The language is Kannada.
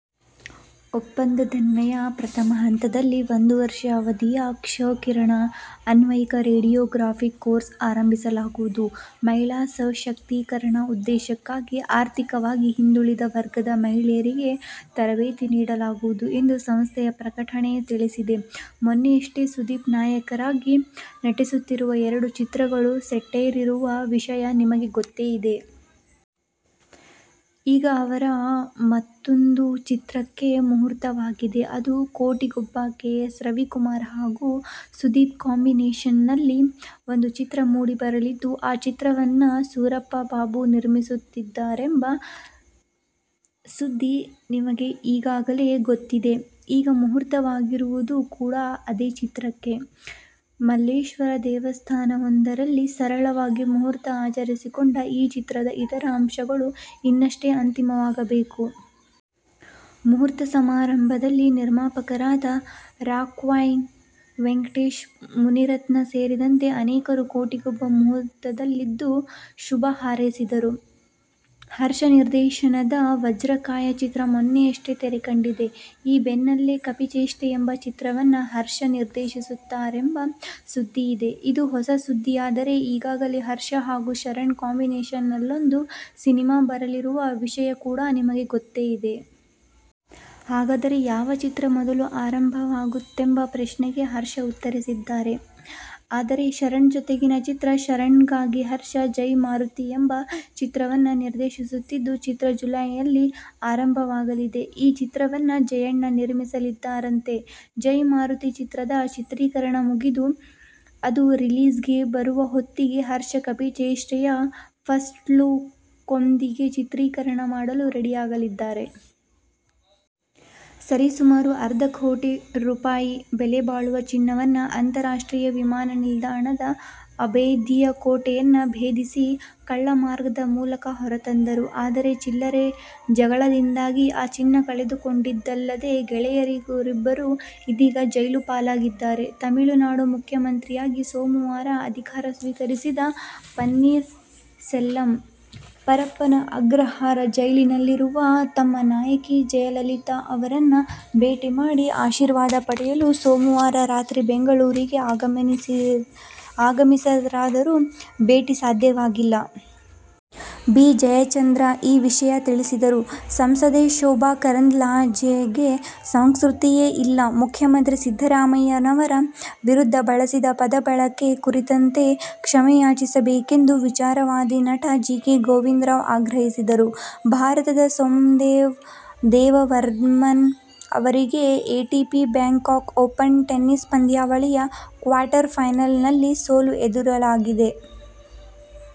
ಒಪ್ಪಂದದನ್ವಯ ಪ್ರಥಮ ಹಂತದಲ್ಲಿ ಒಂದು ವರ್ಷ ಅವಧಿಯ ಕ್ಷ-ಕಿರಣ ಆನ್ವಯಿಕ ರೇಡಿಯೋಗ್ರಾಫಿಕ್ ಕೋರ್ಸ್ ಆರಂಭಿಸಲಾಗುವುದು. ಮಹಿಳಾ ಸಶಕ್ತೀಕರಣ ಉದ್ದೇಶಕ್ಕಾಗಿ ಆರ್ಥಿಕವಾಗಿ ಹಿಂದುಳಿದ ವರ್ಗದ ಮಹಿಳೆಯರಿಗೆ ತರಬೇತಿ ನೀಡಲಾಗುವುದು ಎಂದು ಸಂಸ್ಥೆಯ ಪ್ರಕಟಣೆ ತಿಳಿಸಿದೆ. ಮೊನ್ನೆಯಷ್ಟೇ ಸುದೀಪ್ ನಾಯಕರಾಗಿ ನಟಿಸುತ್ತಿರುವ ಎರಡು ಚಿತ್ರಗಳು ಸೆಟ್ಟೇರಿರುವ ವಿಷಯ ನಿಮಗೆ ಗೊತ್ತೇ ಇದೆ. ಈಗ ಅವರ ಮತ್ತೂಂದು ಚಿತ್ರಕ್ಕೆ ಮುಹೂರ್ತವಾಗಿದೆ. ಅದು "ಕೋಟಿಗೊಬ್ಬ'. ಕೆ. ಎಸ್. ರವಿಕುಮಾರ್ ಹಾಗೂ ಸುದೀಪ್ ಕಾಂಬಿನೇಶನ್ನಲ್ಲಿ ಒಂದು ಚಿತ್ರ ಮೂಡಿಬರಲಿದ್ದು, ಆ ಚಿತ್ರವನ್ನು ಸೂರಪ್ಪ ಬಾಬು ನಿರ್ಮಿಸುತ್ತಿದ್ದಾರೆಂಬ ಸುದ್ದಿ ನಿಮಗೆ ಈಗಾಗಲೇ ಗೊತ್ತಿದೆ. ಈಗ ಮುಹೂರ್ತವಾಗಿರುವುದು ಕೂಡಾ ಅದೇ ಚಿತ್ರಕ್ಕೆ. ಮಲ್ಲೇಶ್ವರದ ದೇವಸ್ಥಾನವೊಂದರಲ್ಲಿ ಸರಳವಾಗಿ ಮುಹೂರ್ತ ಆಚರಿಸಿಕೊಂಡ ಈ ಚಿತ್ರದ ಇತರ ಅಂಶಗಳು ಇನ್ನಷ್ಟೇ ಅಂತಿಮವಾಗಬೇಕು. ಮುಹೂರ್ತ ಸಮಾರಂಭದಲ್ಲಿ ನಿರ್ಮಾಪಕರಾದ ರಾಕ್ಲೈನ್ ವೆಂಕಟೇಶ್, ಮುನಿರತ್ನ ಸೇರಿದಂತೆ ಅನೇಕರು "ಕೋಟಿಗೊಬ್ಬ' ಮುಹೂರ್ತದಲ್ಲಿದ್ದು ಶುಭ ಹಾರೈಸಿದರು. ಹರ್ಷ ನಿರ್ದೇಶನದ "ವಜ್ರಕಾಯ' ಚಿತ್ರ ಮೊನ್ನೆಯಷ್ಟೇ ತೆರೆಕಂಡಿದೆ. ಈ ಬೆನ್ನಲ್ಲೇ "ಕಪಿಚೇಷ್ಟೆ' ಎಂಬ ಚಿತ್ರವನ್ನು ಹರ್ಷ ನಿರ್ದೇಶಿಸುತ್ತಾರೆಂಬ ಸುದ್ದಿಯಿದೆ. ಇದು ಹೊಸ ಸುದ್ದಿಯಾದರೆ ಈಗಾಗಲೇ ಹರ್ಷ ಹಾಗೂ ಶರಣ್ ಕಾಂಬಿನೇಶನ್ನಲ್ಲೊಂದು ಸಿನಿಮಾ ಬರಲಿರುವ ವಿಷಯ ಕೂಡಾ ನಿಮಗೆ ಗೊತ್ತೇ ಇದೆ. ಹಾಗಾದರೆ ಯಾವ ಚಿತ್ರ ಮೊದಲು ಆರಂಭವಾಗುತ್ತದೆಂಬ ಪ್ರಶ್ನೆಗೆ ಹರ್ಷ ಉತ್ತರಿಸಿದ್ದಾರೆ. ಅದು ಶರಣ್ ಜೊತೆಗಿನ ಚಿತ್ರ. ಶರಣ್ಗಾಗಿ ಹರ್ಷ "ಜೈ ಮಾರುತಿ ' ಎಂಬ ಚಿತ್ರವನ್ನು ನಿರ್ದೇಶಿಸುತ್ತಿದ್ದು, ಚಿತ್ರ ಜುಲೈಯಲ್ಲಿ ಆರಂಭವಾಗಲಿದೆ. ಈ ಚಿತ್ರವನ್ನು ಜಯಣ್ಣ ನಿರ್ಮಿಸಲಿದ್ದಾರಂತೆ. "ಜೈ ಮಾರುತಿ ' ಚಿತ್ರದ ಚಿತ್ರೀಕರಣ ಮುಗಿದು, ಅದು ರಿಲೀಸ್ಗೆ ಬರುವ ಹೊತ್ತಿಗೆ ಹರ್ಷ "ಕಪಿಚೇಷ್ಟೆ'ಯ ಫಸ್ಟ್ಲುಕ್ನೊಂದಿಗೆ ಚಿತ್ರೀಕರಣ ಮಾಡಲು ರೆಡಿಯಾಗಲಿದ್ದಾರೆ. ಸರಿ ಸುಮಾರು ಅರ್ಧ ಕೋಟಿ ರೂ. ಬೆಲೆ ಬಾಳುವ ಚಿನ್ನವನ್ನುಅಂತಾರಾಷ್ಟ್ರೀಯ ವಿಮಾನ ನಿಲ್ದಾಣದ ಅಭೇದ್ಯ ಕೋಟೆಯನ್ನು ಭೇದಿಸಿ ಕಳ್ಳ ಮಾರ್ಗದ ಮೂಲಕ ಹೊರತಂದರು. ಆದರೆ "ಚಿಲ್ಲರೆ' ಜಗಳದಿಂದಾಗಿ ಆ ಚಿನ್ನ ಕಳೆದುಕೊಂಡಿದ್ದಲ್ಲದೆ, ಗೆಳೆಯರಿಬ್ಬರು ಇದೀಗ ಜೈಲುಪಾಲಾಗಿದ್ದಾರೆ! ತಮಿಳುನಾಡು ಮುಖ್ಯಮಂತ್ರಿಯಾಗಿ ಸೋಮವಾರ ಅಧಿಕಾರ ಸ್ವೀಕರಿಸಿದ ಪನ್ನೀರ್ ಸೆಲ್ವಂ ಪರಪ್ಪನ ಅಗ್ರಹಾರ ಜೈಲಿನಲ್ಲಿರುವ ತಮ್ಮ ನಾಯಕಿ ಜಯಲಲಿತಾ ಅವರನ್ನು ಭೇಟಿ ಮಾಡಿ ಆಶೀರ್ವಾದ ಪಡೆಯಲು ಸೋಮವಾರ ರಾತ್ರಿ ಬೆಂಗಳೂರಿಗೆ ಆಗಮಿಸಿದರಾದರೂ ಭೇಟಿ ಸಾಧ್ಯವಾಗಿಲ್ಲ. ಬಿ. ಜಯಚಂದ್ರ ಈ ವಿಷಯ ತಿಳಿಸಿದರು. ಸಂಸದೆ ಶೋಭಾ ಕರಂದ್ಲಾಜೆಗೆ ಸಂಸ್ಕೃತಿಯೇ ಇಲ್ಲ. ಮುಖ್ಯಮಂತ್ರಿ ಸಿದ್ದರಾಮಯ್ಯನವರ ವಿರುದ್ಧ ಬಳಸಿದ ಪದ ಬಳಕೆ ಕುರಿತಂತೆ ಕ್ಷಮೆಯಾಚಿಸಬೇಕೆಂದು ವಿಚಾರವಾದಿ, ನಟ ಜಿಕೆ ಗೋವಿಂದರಾವ್ ಆಗ್ರಹಿಸಿದರು. ಭಾರತದ ಸೋಮ್ದೇವ್ ದೇವವರ್ಮನ್ ಅವರಿಗೆ "ಎಟಿಪಿ ಬ್ಯಾಂಕಾಕ್ ಓಪನ್ ಟೆನಿಸ್ ಪಂದ್ಯಾವಳಿ'ಯ ಕ್ವಾರ್ಟರ್ ಫೈನಲ್ನಲ್ಲಿ ಸೋಲು ಎದುರಾಗಿದೆ.